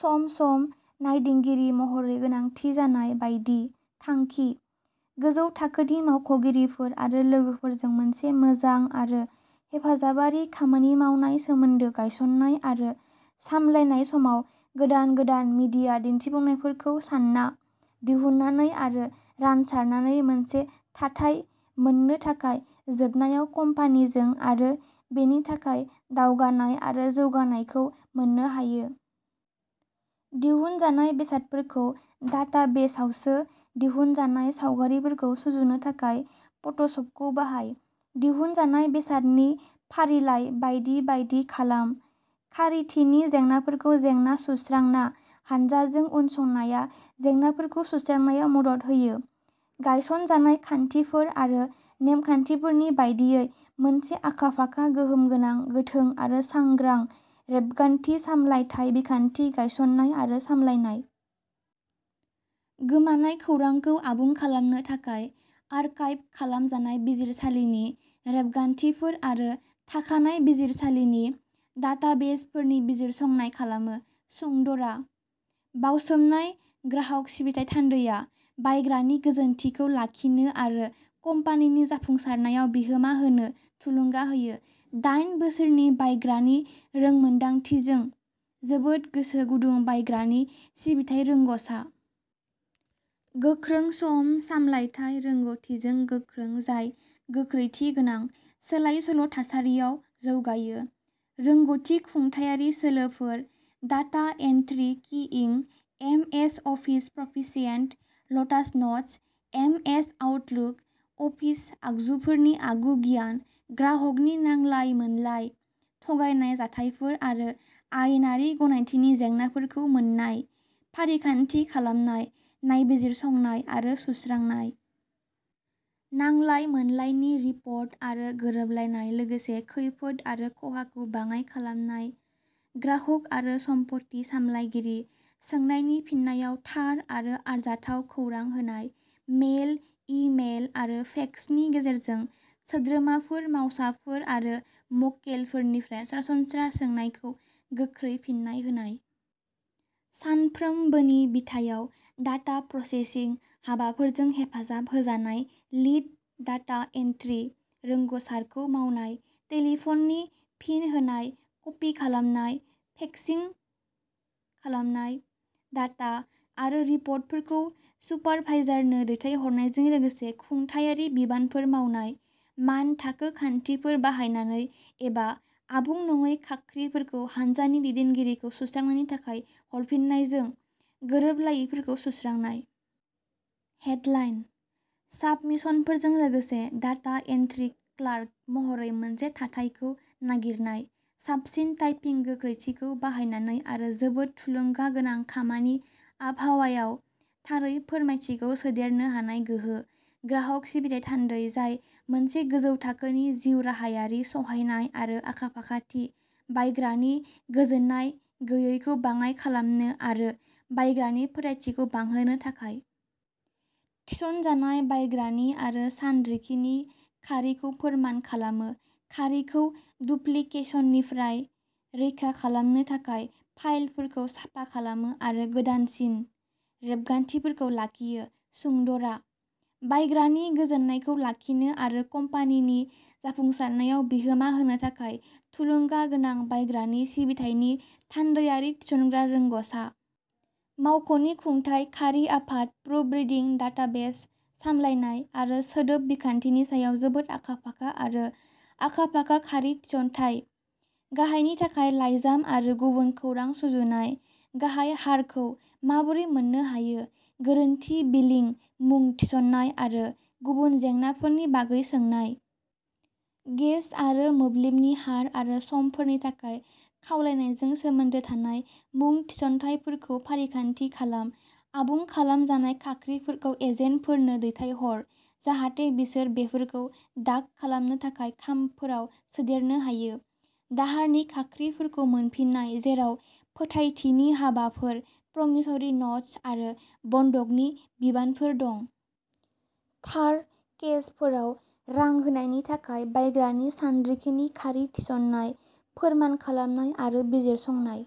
सम-सम नायदिंगिरि महरै गोनांथि जानाय बायदि। थांखिः गोजौ थाखोनि मावख'गिरिफोर आरो लोगोफोरजों मोनसे मोजां आरो हेफाजाबारि खामानि मावनाय सोमोन्दो गायसन्नाय आरो सामलायनाय समाव गोदान गोदान मिडिया दिन्थिफुंनायफोरखौ सानना, दिहुननानै आरो रानसारनानै मोनसे थाथाय मोन्नो थाखाय जोबनायाव कम्पानिजों आरो बेनि थाखाय दावगानाय आरो जौगानायखौ मोन्नो हायो। दिहुनजानाय बेसादफोरखौ डाटाबेसावसो दिहुनजानाय सावगारिफोरखौ सुजुनो थाखाय फट'शपखौ बाहाय, दिहुनजानाय बेसादनि फारिलाइ बायदि बायदि खालाम। खारिथिनि जेंनाफोरखौ जेंना सुस्रांना, हान्जाजों उनसंनाया जेंनाफोरखौ सुस्रांनायाव मदद होयो। गायसनजानाय खान्थिफोर आरो नेमखान्थिफोरनि बायदियै मोनसे आखा-फाखा, गोहोम गोनां, गोथों आरो सांग्रां रेबगान्थि सामलायथाय बिखान्थि गायसन्नाय आरो सामलायनाय। गोमानाय खौरांखौ आबुं खालामनो थाखाय आर्काइभ खालामजानाय बिजिरसालिनि रेबगान्थिफोर आरो थाखानाय बिजिरसालिनि डाटाबेसफोरनि बिजिरसंनाय खालामो। सुंदराः बावसोमनाय ग्राहक सिबिथाइ थान्दैआ बायग्रानि गोजोनथिखौ लाखिनो आरो कम्पानिनि जाफुंसारनायाव बिहोमा होनो थुलुंगा होयो। दाइन बोसोरनि बायग्रानि रोंमोनदांथिजों जोबोद गोसो गुदुं बायग्रानि सिबिथाइ रोंग'सा। गोख्रों सम सामलायथाय रोंग'थिजों गोख्रों जाय गोख्रैथि गोनां, सोलायसोल' थासारियाव जौगायो। रोंग'थि खुंथायारि सोलोफोर, डाटा एन्ट्रि किइं, MS Office proficient, Lotus Notes, MS Outlook, office आगजुफोरनि आगु गियान। ग्राहकनि नांलाय-मोनलाय, थगायनाय जाथायफोर आरो आयेनारि गनायथिनि जेंनाफोरखौ मोन्नाय, फारिखान्थि खालामनाय, नायबिजिरसंनाय आरो सुस्रांनाय। नांलाय-मोनलायनि रिपर्ट आरो गोरोबलायनाय लोगोसे खैफोद आरो खहाखौ बाङाइ खालामनाय ग्राहक आरो सम्पथि सामलायगिरि सोंनायनि फिननायाव थार आरो आरजाथाव खौरां होनाय। मेल, इ-मेल आरो फेक्सनि गेजेरजों सोद्रोमाफोर, मावसाफोर आरो मक्केलफोरनिफ्राय सरासनस्रा सोंनायखौ गोख्रै फिननाय होनाय। सानफ्रोमबोनि बिथायाव डाटा प्रसेसिं हाबाफोरजों हेफाजाब होजानाय लीड डाटा एन्ट्रि रोंग'सारखौ मावनाय। टेलिफ'ननि फिन होनाय, कपि खालामनाय, फेक्सिं खालामनाय, डाटा आरो रिपर्टफोरखौ सुपारभाइजारनो दैथायहरनायजों लोगोसे खुंथायारि बिबानफोर मावनाय। मानथाखो खान्थिफोर बाहायनानै एबा आबुं नङै खाख्रिफोरखौ हानजानि दैदेनगिरिखौ सुस्रांनायनि थाखाय हरफिन्नायजों गोरोबलायैफोरखौ सुस्रांनाय। हेडलाइनः साबमिशनफोरजों लोगोसे डाटा एन्ट्रि क्लार्क महरै मोनसे थाथायखौ नागिरनाय, साबसिन टाइपिं गोख्रैथिखौ बाहायनानै आरो जोबोद थुलुंगागोनां खामानि आबहावायाव थारै फोरमायथिखौ सोदेरनो हानाय गोहो। ग्राहक सिबिथाइ थान्दै जाय मोनसे गोजौ थाखोनि जिउ राहायारि, सहायनाय आरो आखा-फाखाथि, बायग्रानि गोजोन्नाय गैयैखौ बाङाइ खालामनो आरो बायग्रानि फोथायथिखौ बांहोनो थाखाय। थिसनजानाय बायग्रानि आरो सानरिखिनि खारिखौ फोरमान खालामो, खारिखौ डुप्लिकेशननिफ्राय रैखा खालामनो थाखाय फाइलफोरखौ साफा खालामो आरो गोदानसिन रेबगान्थिफोरखौ लाखियो। सुंदराः बायग्रानि गोजोननायखौ लाखिनो आरो कम्पानिनि जाफुंसारनायाव बिहोमा होनो थाखाय थुलुंगा गोनां बायग्रानि सिबिथायनि थान्दैयारि थिसनग्रा रोंग'सा। मावख'नि खुंथाय, खारि आफाद, प्रुफरिडिं, डाटाबेस सामलायनाय आरो सोदोब बिखान्थिनि सायाव जोबोद आखा-फाखा आरो आखा-फाखा खारि थिसनथाय। गाहायनि थाखाय लाइजाम आरो गुबुन खौरां सुजुनाय, गाहाय हारखौ माबोरै मोन्नो हायो, गोरोन्थि बिलिं मुं थिसननाय आरो गुबुन जेंनाफोरनि बागै सोंनाय। गेस आरो मोब्लिबनि हार आरो समफोरनि थाखाय खावलायनायजों सोमोन्दो थानाय मुं थिसनथायफोरखौ फारिखान्थि खालाम। आबुं खालामजानाय खाख्रिफोरखौ एजेन्टफोरनो दैथाय हर जाहाथे बिसोर बेफोरखौ डाक खालामनो थाखाय खामफोराव सोदेरनो हायो। दाहारनि खाख्रिफोरखौ मोनफिननाय, जेराव फोथायथिनि हाबाफोर, प्रमिसरि न'ट्स आरो बन्दकनि बिबानफोर दं। थार केसफोराव रां होनायनि थाखाय बायग्रानि सानरिखिनि खारि थिसननाय, फोरमान खालामनाय आरो बिजिरसंनाय।